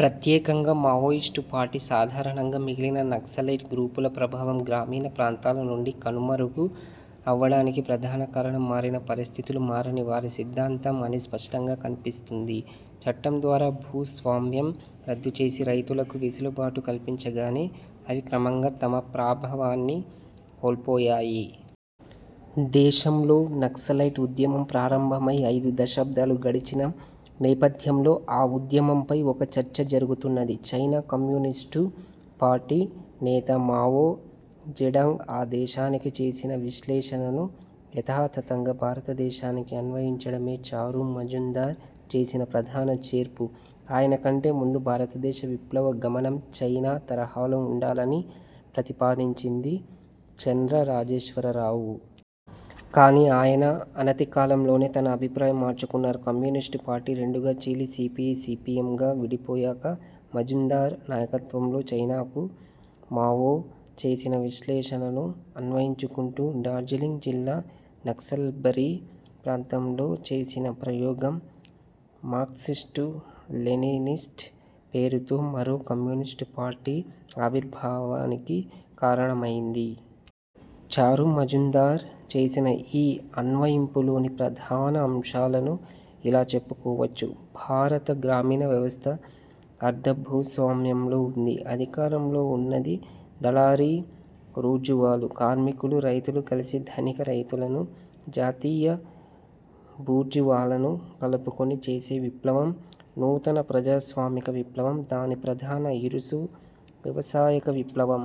ప్రత్యేకంగా Maoist party, సాధారణంగా మిగిలిన నక్సలైట్ గ్రూపుల ప్రభావం గ్రామీణ ప్రాంతాల నుండి కనుమరుగు అవ్వడానికి ప్రధానకారణం మారిన 'పరిస్థితులు' మారని వారి 'సిద్ధాంతం' అని స్పష్టంగా కన్పిస్తుంది. చట్టం ద్వారా భూస్వామ్యం రద్దు చేసి రైతులకు వెసులుబాటు కల్పించగానే అవి క్రమంగా తమ ప్రాభావాన్ని కోల్పోయాయి. దేశంలో నక్సలైట్ ఉద్యమం ప్రారంభమై ఐదు దశబ్దాలు గడిచిన నేపథ్యంలో, ఆ ఉద్యమంపై ఒక చర్చ జరుగుతున్నది. చైనా కమ్యూనిస్టు పార్టీ నేత మావో జెడాంగ్ ఆ దేశానికి చేసిన విశ్లేషణను యథాతథంగా భారతదేశానికి అన్వయించడమే చారు మజుందార్ చేసిన ప్రధాన చేర్పు. ఆయనకంటే ముందు భారతదేశ విప్లవ గమనం చైనా తరహాలో వుండాలని ప్రతిపాదించింది చండ్ర రాజేశ్వర రావు. కానీ ఆయన అనతికాలంలోనే తన అభిప్రాయం మార్చుకున్నారు. కమ్యూనిస్టు పార్టీ రెండుగా చీలి సీపీఐ, సీపీఎంగా విడిపోయాక, మజుందార్ నాయకత్వంలో చైనాకు మావో చేసిన విశ్లేషణను అన్వయించుకుంటూ డార్జిలింగ్ జిల్లా నక్సల్బరీ ప్రాంతంలో చేసిన ప్రయోగం 'మార్క్సిస్టు లెనినిస్ట్' పేరుతో మరో కమ్యూనిస్టుపార్టీ ఆవిర్భావానికి కారణమయ్యింది. చారు మజుందార్ చేసిన ఈ అన్వయింపులోని ప్రధాన అంశాలను ఇలా చెప్పుకోవచ్చు. భారత గ్రామీణ వ్యవస్థ అర్ధ భూస్వామ్యంలో వుంది. అధికారంలో వున్నది దళారీ బూర్జువాలు. కార్మికులు, రైతులు కలిసి ధనిక రైతులను, జాతీయ బూర్జువాలను కలుపుకొని చేసే విప్లవం 'నూతన ప్రజాస్వామిక విప్లవం'. దాని ప్రధాన 'ఇరుసు' వ్యవసాయక విప్లవం.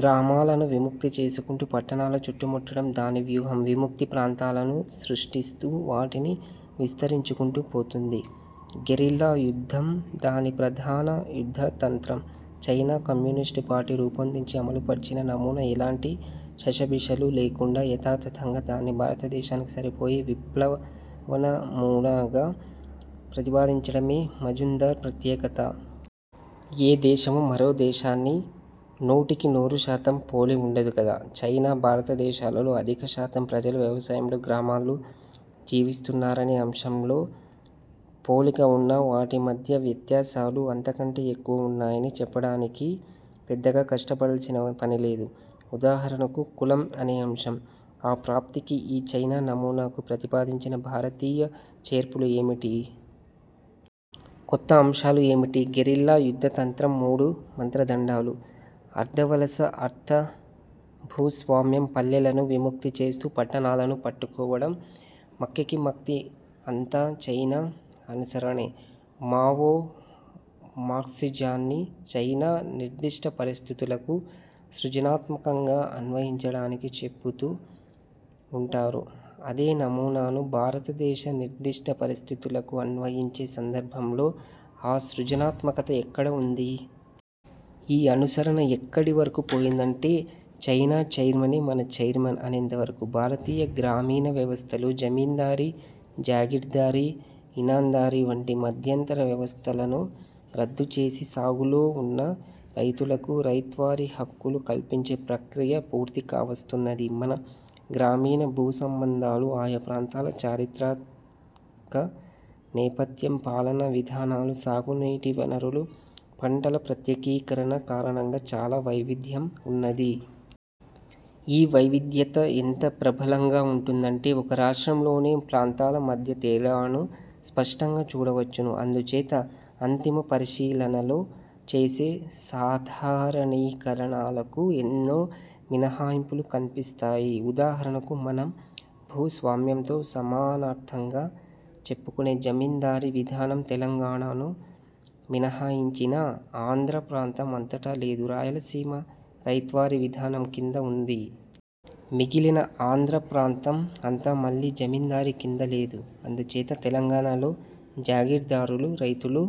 గ్రామాలను విముక్తి చేసుకుంటూ పట్టణాలు చుట్టుముట్టడం దానివ్యూహం. 'విముక్తి' ప్రాంతాలను సృష్టిస్తూ వాటిని విస్తరించుకుంటూ పోతుంది. గెరిల్లా యుద్ధం దాని ప్రధాన యుద్ధ తంత్రం. చైనా కమ్యూనిస్టు పార్టీ రూపొందించి అమలుపర్చిన నమూనా ఎలాంటి శషబిషలు లేకుండా యథాతథంగా దాన్ని భారతదేశానికి సరిపోయే విప్లవనమూనాగా ప్రతిపాదించడమే మజుందార్ ప్రత్యేకత. ఏ దేశమూ మరోదేశాన్ని నూటికి నూరుశాతం పోలి వుండదు కదా?! చైనా- భారతదేశాలలో అధికశాతం ప్రజలు వ్యవసాయంలో, గ్రామాల్లో జీవిస్తున్నారనే అంశంలో పోలికవున్నా వాటి మధ్య వ్యత్యాసాలు అంతకంటే ఎక్కువ వున్నాయని చెప్పడానికీ పెద్దగా కష్టపడవలసిన పనిలేదు. ఉదాహరణకు 'కులం' అనే అంశం. ఆ ప్రాప్తికి ఈ చైనా నమూనాకు ప్రతిపాదించిన భారతీయ చేర్పులు ఏమిటి? కొత్తఅంశాలు ఏమిటి? గెరిల్లా యుద్ధతంత్రం, మూడు మంత్రదండాలు, అర్ధవలస అర్ధ భూస్వామ్యం, పల్లెలను విముక్తి చేస్తూ పట్టణాలను పట్టుకోవడం, మక్కికి మక్కి అంతా చైనా అనుసరణే. మావో మార్క్సిజాన్ని చైనా నిర్దిష్ట పరిస్థితులకు సృజనాత్మకంగా అన్వయించడానికి చెపుతూ వుంటారు. అదే నమూనాను భారతదేశ నిర్దిష్ట పరిస్ధితులకు అన్వయించే సందర్భంలో ఆ 'సృజనాత్మకత' ఎక్కడ వుంది? ఈ అనుసరణ ఎక్కడి వరకు పోయిందంటే 'చైనా చైర్మనే మన చైర్మన్' అనేంత వరకు. భారతీయ గ్రామీణ వ్యవస్థలో జమిందారీ, జాగీర్దారి, ఇనాందారీ వంటి మధ్యంతర వ్యవస్థలను రద్దుచేసి సాగులో వున్న రైతులకు 'రైత్వారీ హక్కులు' కల్పించే ప్రక్రియ పూర్తికావస్తున్నది. మన గ్రామీణ భూసంబంధాలు ఆయా ప్రాంతాల చారిత్రిక నేపథ్యం, పాలనా విధానాలు, సాగునీటి వనరులు, పంటల ప్రత్యేకీకరణ కారణంగా చాలా వైవిధ్యం వున్నది. ఈ వైవిధ్యత ఎంత ప్రబలంగా వుంటుందంటే ఒక రాష్ట్రంలోనే ప్రాంతాల మధ్య తేడాను స్పష్టంగా చూడవచ్చును. అందుచేత 'అంతిమ పరిశీలనలో' చేసే 'సాధారణీకరణాలకు' ఎన్నో మినహాయింపులు కన్పిస్తాయి. ఉదాహరణకు మనం భూసామ్యంతో సమానార్థంగా చెప్పుకునే జమిందారి విధానం తెలంగాణను మినహాయించినా ఆంధ్రప్రాంతం అంతటా లేదు. రాయలసీమ రైత్వారీ విధానం కింద వుంది. మిగిలిన ఆంధ్ర ప్రాంతం అంతా మళ్ళీ జమిందారీ కింద లేదు. అందుచేత తెలంగాణలో జాగీర్దారులు రైతులు,